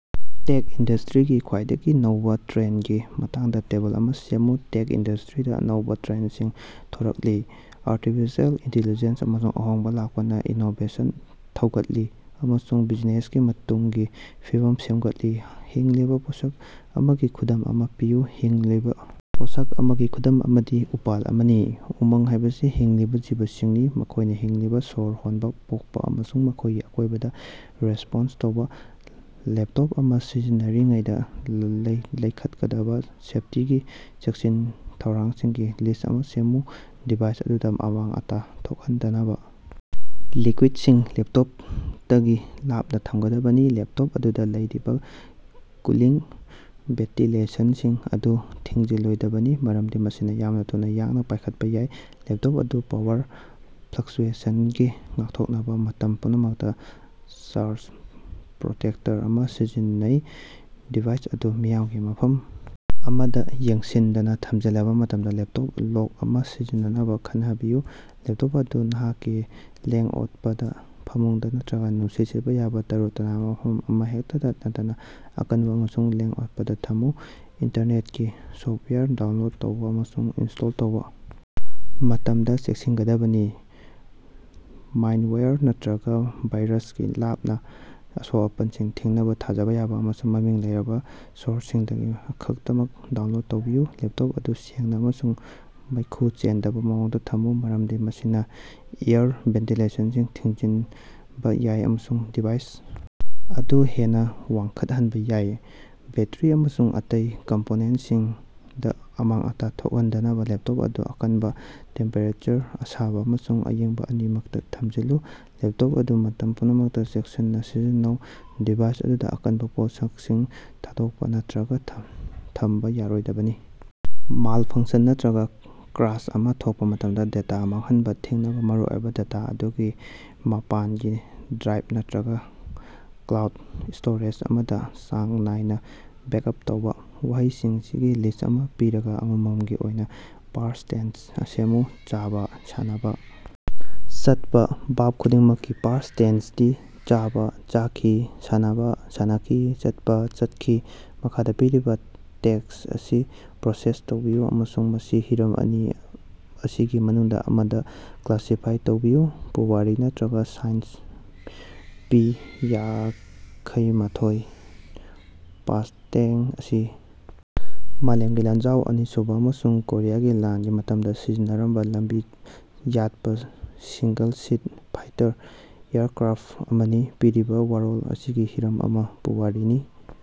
ꯇꯦꯛ ꯏꯟꯗꯁꯇ꯭ꯔꯤꯒꯤ ꯈ꯭ꯋꯥꯏꯗꯒꯤ ꯅꯧꯕ ꯇ꯭ꯔꯦꯟꯗꯒꯤ ꯃꯇꯥꯡꯗꯥ ꯇꯦꯕꯜ ꯑꯃ ꯁꯦꯝꯃꯨ꯫ ꯇꯦꯛ ꯏꯟꯗꯁꯇ꯭ꯔꯤꯗ ꯑꯅꯧꯕ ꯇ꯭ꯔꯦꯟꯗꯁꯤꯡ ꯊꯣꯔꯛꯂꯤ: ꯑꯥꯔꯇꯤꯐꯤꯁꯤꯌꯦꯜ ꯏꯟꯇꯤꯂꯤꯖꯦꯟꯁ ꯑꯃꯁꯨꯡ ꯑꯍꯣꯡꯕ ꯂꯥꯛꯄꯅ ꯏꯅꯣꯕꯦꯁꯟ ꯊꯧꯒꯠꯂꯤ ꯑꯃꯁꯨꯡ ꯕꯤꯖꯤꯅꯦꯁꯀꯤ ꯇꯨꯡꯒꯤ ꯐꯤꯕꯝ ꯁꯦꯝꯒꯠꯂꯤ꯫ ꯍꯤꯡꯂꯤꯕ ꯄꯣꯠꯁꯛ ꯑꯃꯒꯤ ꯈꯨꯗꯝ ꯑꯃ ꯄꯤꯌꯨ꯫ ꯍꯤꯡꯂꯤꯕ ꯄꯣꯠꯁꯛ ꯑꯃꯒꯤ ꯈꯨꯗꯝ ꯑꯃꯗꯤ ꯎꯄꯥꯜ ꯑꯃꯅꯤ꯫ ꯎꯃꯪ ꯍꯥꯢꯕꯁꯤ ꯍꯤꯡꯂꯤꯕ ꯖꯤꯕꯁꯤꯡꯅꯤ, ꯃꯈꯣꯢꯅ ꯍꯤꯡꯂꯤꯕ, ꯁꯣꯔ ꯍꯣꯟꯕ, ꯄꯣꯛꯄ ꯑꯃꯁꯨꯡ ꯃꯈꯣꯢꯒꯤ ꯑꯀꯣꯢꯕꯗ ꯔꯦꯁꯄꯣꯟꯁ ꯇꯧꯕ꯫ ꯂꯦꯞꯇꯣꯞ ꯑꯃ ꯁꯤꯖꯤꯟꯅꯔꯤꯉꯩꯗ ꯂꯩ ꯂꯩꯈꯠꯀꯗꯕ ꯁꯦꯐꯇꯤꯒꯤ ꯆꯦꯛꯁꯤꯟ-ꯊꯧꯔꯥꯡꯁꯤꯡꯒꯤ ꯂꯤꯁ꯭ꯠ ꯑꯃ ꯁꯦꯝꯃꯨ꯫ ꯗꯤꯚꯥꯏꯁ ꯑꯗꯨꯗ ꯑꯃꯥꯡ-ꯑꯇꯥ ꯊꯣꯛꯍꯟꯗꯅꯕ ꯂꯤꯛꯀꯨꯏꯗꯁꯤꯡ ꯂꯦꯞꯇꯣꯞꯗꯒꯤ ꯂꯥꯞꯅ ꯊꯝꯒꯗꯕꯅꯤ꯫ ꯂꯦꯞꯇꯣꯞ ꯑꯗꯨꯗ ꯂꯩꯔꯤꯕ ꯀꯨꯂꯤꯡ ꯚꯦꯟꯇꯤꯂꯦꯁꯟꯁꯤꯡ ꯑꯗꯨ ꯊꯤꯡꯖꯤꯜꯂꯣꯏꯗꯕꯅꯤ ꯃꯔꯝꯗꯤ ꯃꯁꯤꯅ ꯌꯥꯝꯅ ꯊꯨꯅ ꯌꯥꯡꯅ ꯄꯥꯢꯈꯠꯄ ꯌꯥꯏ꯫ ꯂꯦꯞꯇꯣꯞ ꯑꯗꯨ ꯄꯥꯋꯔ ꯐ꯭ꯂꯛꯆꯨꯌꯦꯁꯟꯗꯒꯤ ꯉꯥꯛꯊꯣꯛꯅꯕ ꯃꯇꯝ ꯄꯨꯝꯅꯃꯛꯇ ꯁꯔꯖ ꯄ꯭ꯔꯣꯇꯦꯛꯇꯔ ꯑꯃ ꯁꯤꯖꯤꯟꯅꯧ꯫ ꯗꯤꯚꯥꯏꯁ ꯑꯗꯨ ꯃꯤꯌꯥꯝꯒꯤ ꯃꯐꯝ ꯑꯃꯗ ꯌꯦꯡꯁꯤꯟꯗꯅ ꯊꯝꯖꯤꯜꯅꯕ ꯃꯇꯝꯗ ꯂꯦꯞꯇꯣꯞ ꯂꯣꯛ ꯑꯃ ꯁꯤꯖꯤꯟꯅꯅꯕ ꯈꯟꯅꯕꯤꯌꯨ꯫ ꯂꯦꯞꯇꯣꯞ ꯑꯗꯨ ꯅꯍꯥꯛꯀꯤ ꯂꯦꯡ-ꯑꯣꯠꯄꯗ, ꯐꯃꯨꯡꯗ ꯅꯠꯇ꯭ꯔꯒ ꯅꯨꯡꯁꯤꯠ ꯁꯤꯠꯄ ꯌꯥꯕ ꯇꯔꯨ-ꯇꯅꯥꯟꯕ ꯃꯐꯝ ꯑꯃꯍꯦꯛꯇꯗ ꯅꯠꯇꯅ ꯑꯀꯟꯕ ꯑꯃꯁꯨꯡ ꯂꯦꯡ-ꯑꯣꯠꯄꯗ ꯊꯝꯃꯨ꯫ ꯏꯟꯇꯔꯅꯦꯠꯒꯤ ꯁꯣꯐꯋꯥꯌꯔ ꯗꯥꯎꯟꯂꯣꯗ ꯇꯧꯕ ꯑꯃꯁꯨꯡ ꯏꯟꯁ꯭ꯇꯣꯜ ꯇꯧꯕ ꯃꯇꯝꯗ ꯆꯦꯛꯁꯤꯟꯒꯗꯕꯅꯤ꯫ ꯃꯥꯏꯜꯋꯥꯌꯔ ꯅꯠꯇ꯭ꯔꯒ ꯚꯥꯏꯔꯁꯇꯒꯤ ꯂꯥꯛꯄ ꯑꯁꯣꯛ-ꯑꯄꯟꯁꯤꯡ ꯊꯤꯡꯅꯕ ꯊꯥꯖꯕ ꯌꯥꯕ ꯑꯃꯁꯨꯡ ꯃꯃꯤꯡ ꯂꯩꯔꯕ ꯁꯣꯔꯁꯁꯤꯡꯗꯒꯤ ꯈꯛꯇꯃꯛ ꯗꯥꯎꯟꯂꯣꯗ ꯇꯧꯕꯤꯌꯨ꯫ ꯂꯦꯞꯇꯣꯞ ꯑꯗꯨ ꯁꯦꯡꯅ ꯑꯃꯁꯨꯡ ꯃꯩꯈꯨ ꯆꯦꯟꯗꯕ ꯃꯑꯣꯡꯗ ꯊꯝꯃꯨ, ꯃꯔꯝꯗꯤ ꯃꯁꯤꯅ ꯑꯦꯌꯔ ꯚꯦꯟꯇꯤꯂꯦꯁꯟꯁꯤꯡ ꯊꯤꯡꯖꯤꯟꯕ ꯌꯥꯏ ꯑꯃꯁꯨꯡ ꯗꯤꯚꯥꯏꯁ ꯑꯗꯨ ꯍꯦꯟꯅ ꯋꯥꯡꯈꯠꯍꯟꯕ ꯌꯥꯏ꯫ ꯕꯦꯠꯇꯔꯤ ꯑꯃꯁꯨꯡ ꯑꯇꯩ ꯀꯝꯄꯣꯅꯦꯟꯇꯁꯤꯡꯗ ꯑꯃꯥꯡ-ꯑꯇꯥ ꯊꯣꯛꯍꯟꯗꯅꯕ ꯂꯦꯞꯇꯣꯞ ꯑꯗꯨ ꯑꯀꯟꯕ ꯇꯦꯝꯄꯦꯔꯦꯆꯔꯗ, ꯑꯁꯥꯕ ꯑꯃꯁꯨꯡ ꯑꯏꯪꯕ ꯑꯅꯤꯃꯛꯇ ꯊꯝꯖꯤꯜꯂꯨ꯫ ꯂꯦꯞꯇꯣꯞ ꯑꯗꯨ ꯃꯇꯝ ꯄꯨꯝꯅꯃꯛꯇ ꯆꯦꯛꯁꯤꯟꯅ ꯁꯤꯖꯤꯟꯅꯧ꯫ ꯗꯤꯚꯥꯏꯁ ꯑꯗꯨꯗꯥ ꯑꯀꯟꯕ ꯄꯣꯠꯁꯛꯁꯤꯡ ꯊꯥꯗꯣꯛꯄ ꯅꯠꯇ꯭ꯔꯒ ꯊꯝꯕ ꯌꯥꯔꯣꯏꯗꯕꯅꯤ꯫ ꯃꯥꯜꯐꯪꯁꯟ ꯅꯠꯇ꯭ꯔꯒ ꯀ꯭ꯔꯥꯁ ꯑꯃ ꯊꯣꯛꯄ ꯃꯇꯝꯗ ꯗꯦꯇꯥ ꯃꯥꯡꯍꯟꯕ ꯊꯤꯡꯅꯕ ꯃꯔꯨꯑꯣꯏꯕ ꯗꯦꯇꯥ ꯑꯗꯨ ꯃꯄꯥꯟꯒꯤ ꯗ꯭ꯔꯥꯏꯚ ꯅꯠꯇ꯭ꯔꯒ ꯀ꯭ꯂꯥꯎꯗ ꯁ꯭ꯇꯣꯔꯦꯖ ꯑꯃꯗ ꯆꯥꯡ ꯅꯥꯏꯅ ꯕꯦꯛꯑꯞ ꯇꯧꯕ꯫ ꯋꯥꯍꯩꯁꯤꯡꯒꯤ ꯂꯤꯁ꯭ꯠ ꯑꯃ ꯄꯤꯔꯒ, ꯑꯃꯃꯝꯒꯤ ꯑꯣꯏꯅ ꯄꯥꯁꯠ ꯇꯦꯟꯁ ꯁꯦꯝꯃꯨ꯫ ꯆꯥꯕ, ꯁꯥꯟꯅꯕ, ꯆꯠꯄ꯫ ꯚꯔꯕ ꯈꯨꯗꯤꯡꯃꯛꯀꯤ ꯄꯥꯁꯠ ꯇꯦꯟꯁꯗꯤ: ꯆꯥꯕ: ꯆꯥꯈꯤ, ꯁꯥꯟꯅꯕ: ꯁꯥꯟꯅꯈꯤ, ꯆꯠꯄ: ꯆꯠꯈꯤ꯫ ꯃꯈꯥꯗ ꯄꯤꯔꯤꯕ ꯇꯦꯛꯁ ꯑꯁꯤ ꯄ꯭ꯔꯣꯁꯦꯁ ꯇꯧꯕꯤꯌꯨ ꯑꯃꯁꯨꯡ ꯃꯁꯤ ꯍꯤꯔꯝ ꯑꯅꯤ ꯑꯁꯤꯒꯤ ꯃꯅꯨꯡꯗ ꯑꯃꯗ ꯀ꯭ꯂꯥꯁꯤꯐꯥꯏ ꯇꯧꯕꯤꯌꯨ: ꯄꯨꯋꯥꯔꯤ ꯅꯠꯇ꯭ꯔꯒ ꯁꯥꯏꯟꯁ꯫ ꯄꯤ- ꯌꯥꯡꯈꯩꯃꯥꯊꯣꯏ ꯃꯁꯇꯦꯡ ꯑꯁꯤ ꯃꯥꯂꯦꯝꯒꯤ ꯂꯥꯟꯖꯥꯎ ꯑꯅꯤꯁꯨꯕ ꯑꯃꯁꯨꯡ ꯀꯣꯔꯤꯌꯥꯒꯤ ꯂꯥꯟꯒꯤ ꯃꯇꯝꯗ ꯁꯤꯖꯤꯟꯅꯔꯝꯕ ꯂꯝꯕꯤ ꯌꯥꯠꯄ ꯁꯤꯒꯜ ꯁꯤꯠ ꯐꯥꯏꯇꯔ ꯑꯦꯌꯔꯀ꯭ꯔꯥꯐ ꯑꯃꯅꯤ꯫ ꯄꯤꯔꯤꯕ ꯋꯥꯔꯣꯜ ꯑꯁꯤꯒꯤ ꯍꯤꯔꯝ ꯑꯃ ꯄꯨꯋꯥꯔꯤꯅꯤ꯫